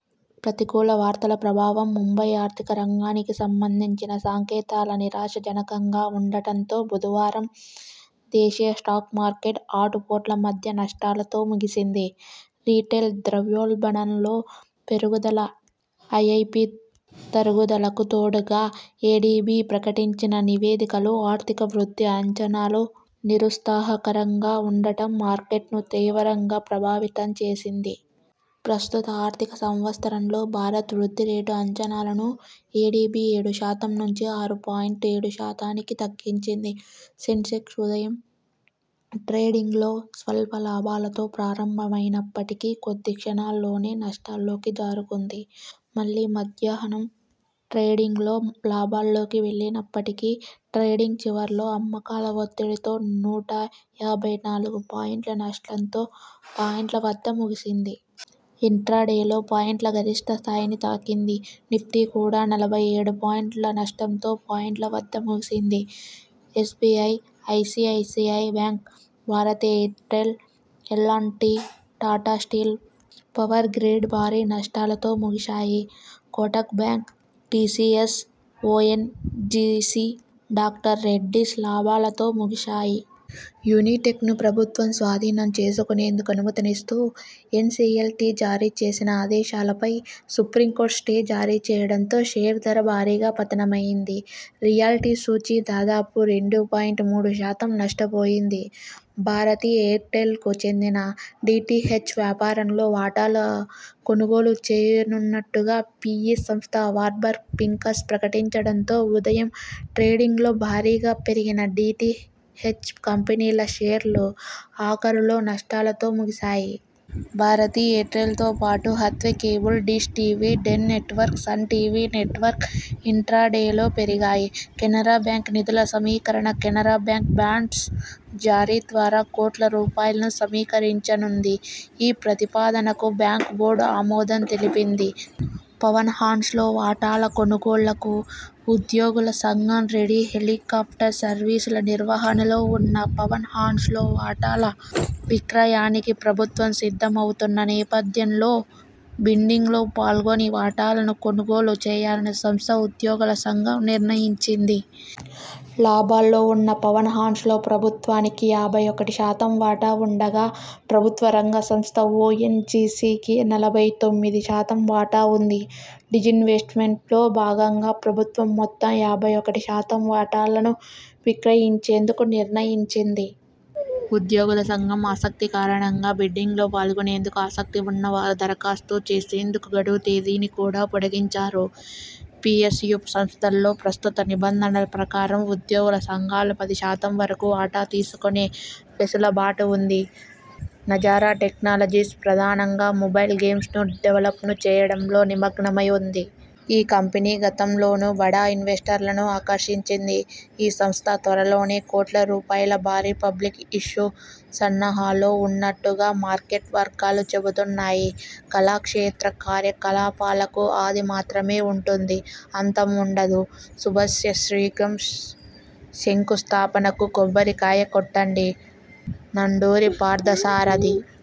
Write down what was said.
ప్రతికూల వార్తల ప్రభావం ముంబై ఆర్థిక రంగానికి సంబంధించిన సంకేతాలు నిరాశా జనకంగా ఉండటంతో బుధవారం దేశీయ స్టాక్ మార్కెట్ ఆటు పోట్ల మధ్య నష్టాలతో ముగిసింది. రిటైల్ ద్రవ్యోల్బణంలో పెరుగుదల, ఐఐపి తరుగుదలకు తోడుగా ఎడిబి ప్రకటించిన నివేదికలో ఆర్థిక వృద్ధి అంచనాలు నిరుత్సాహకరంగా ఉండటం మార్కెట్ను తీవ్రంగా ప్రభావితం చేసింది. ప్రస్తుత ఆర్థిక సంవత్సరంలో భారత్ వృద్ధి రేటు అంచనాలను ఎడిబి ఏడు శాతం నుంచి ఆరు పాయింట్ ఏడు శాతానికి తగ్గించింది. సెన్సెక్స్ ఉదయం ట్రేడింగ్లో స్వల్ప లాభాలతో ప్రారంభమైనప్పటికీ కొద్ది క్షణాల్లోనే నష్టాల్లోకి జారుకుంది. మళ్లీ మధ్యాహ్నాం ట్రేడింగ్లో లాభాల్లోకి వెళ్లినప్పటికీ ట్రేడింగ్ చివరలో అమ్మకాల ఒత్తిడితో నూట డెబ్బై నాలుగు పాయింట్ల నష్టంతో పాయింట్ల వద్ద ముగిసింది. ఇంట్రాడేలో పాయింట్ల గరిష్ఠ స్థాయిని తాకింది. నిఫ్టీ కూడా నలభై ఏడు పాయింట్ల నష్టంతో పాయింట్ల వద్ద ముగిసింది SBI, ICICI Bank, Bharti Airtel, L and T, Tata Steel, Power Grid భారీ నష్టాలతో ముగిశాయి. Kotak Bank, T C S, O N G C, Doctor Reddy's లాభాలతో ముగిశాయి. యునిటెక్ను ప్రభుత్వం స్వాధీనం చేసుకునేందుకు అనుమతినిస్తూ ఎన్ సి ఎల్ టి జారీ చేసిన ఆదేశాలపై సుప్రీంకోర్టు స్టే జారీ చేయడంతో షేరు ధర భారీగా పతనమైంది. రియల్టీ సూచీ దాదాపు రెండు పాయింట్ మూడు శాతం నష్టపోయింది. భారతి ఎయిర్టెల్కు చెందిన డి టి హెచ్ వ్యాపారంలో వాటాలు కొనుగోలు చేయనున్నట్టుగా పి ఇ సంస్థ వార్బర్గ్ పింకస్ ప్రకటించడంతో ఉదయం ట్రేడింగ్లో భారీగా పెరిగిన డి టి హెచ్ కంపెనీల షేర్లు ఆఖరులో నష్టాలతో ముగిసాయి. భారతి ఎయిర్టెల్తో పాటు Hathway Cable, Dish TV, Den Networks, Sun TV Networks ఇంట్రాడేలో పెరిగాయి. కెనరా బ్యాంక్ నిధుల సమీకరణ కెనరా బ్యాంక్ బాండ్స్ జారీ ద్వారా కోట్ల రూపాయలను సమీకరించనుంది. ఈ ప్రతిపాదనకు బ్యాంకు బోర్డు ఆమోదం తెలిపింది. పవన్ హాన్స్ లో వాటాల కొనుగోలుకు ఉద్యోగుల సంఘం రెడీ హెలీకాప్టర్ సర్వీసుల నిర్వహణలో ఉన్న పవన్ హాన్స్ లో వాటాల విక్రయానికి ప్రభుత్వం సిద్ధమవుతున్న నేపథ్యంలో బిడ్డింగ్లో పాల్గొని వాటాలను కొనుగోలు చేయాలని సంస్థ ఉద్యోగుల సంఘం నిర్ణయించింది. లాభాల్లో ఉన్న పవన్ హాన్స్ లో ప్రభుత్వానికి యాభై ఒకటి శాతం వాటా ఉండగా ప్రభుత్వ రంగ సంస్థ ఒ ఎన్ జి సి కి నలభై తొమ్మిది శాతం వాటా ఉంది. డిజిన్వెస్ట్ మెంట్లో భాగంగా ప్రభుత్వం మొత్తం యాభై ఒకటి శాతం వాటాలను విక్రయించేందుకు నిర్ణయించింది. ఉద్యోగుల సంఘం ఆసక్తి కారణంగా బిడ్డింగ్లో పాల్గొనేందుకు ఆసక్తి ఉన్నవారు దరఖాస్తు చేసేందుకు గడువు తేదీని కూడా పొడిగించారు. పి ఎస్ యు సంస్థల్లో ప్రస్తుత నిబంధనల ప్రకారం ఉద్యోగుల సంఘాలు పది శాతం వరకు వాటా తీసుకునే వెసులుబాటు ఉంది. నజారా టెక్నాలజీస్ ప్రధానంగా మొబైల్ గేమ్స్ ను డెవల్పను చేయడంలో నిమగ్నమై ఉంది. ఈ కంపెనీ గతంలోనూ బడా ఇన్వెస్టర్లను ఆకర్షించింది. ఈ సంస్థ త్వరలోనే కోట్ల రూపాయల భారీ పబ్లిక్ ఇష్యూ సన్నాహాల్లో ఉన్నట్టుగా మార్కెట్ వర్గాలు చెబుతున్నాయి. కళాక్షేత్ర కార్యకలాపాలకు 'ఆది' మాత్రమే ఉంటుంది. 'అంతం' ఉండదు. శుభస్య శీఘ్రం. శంకుస్థాపనకు కొబ్బరికాయ కొట్టండి. నండూరి పార్థసారథి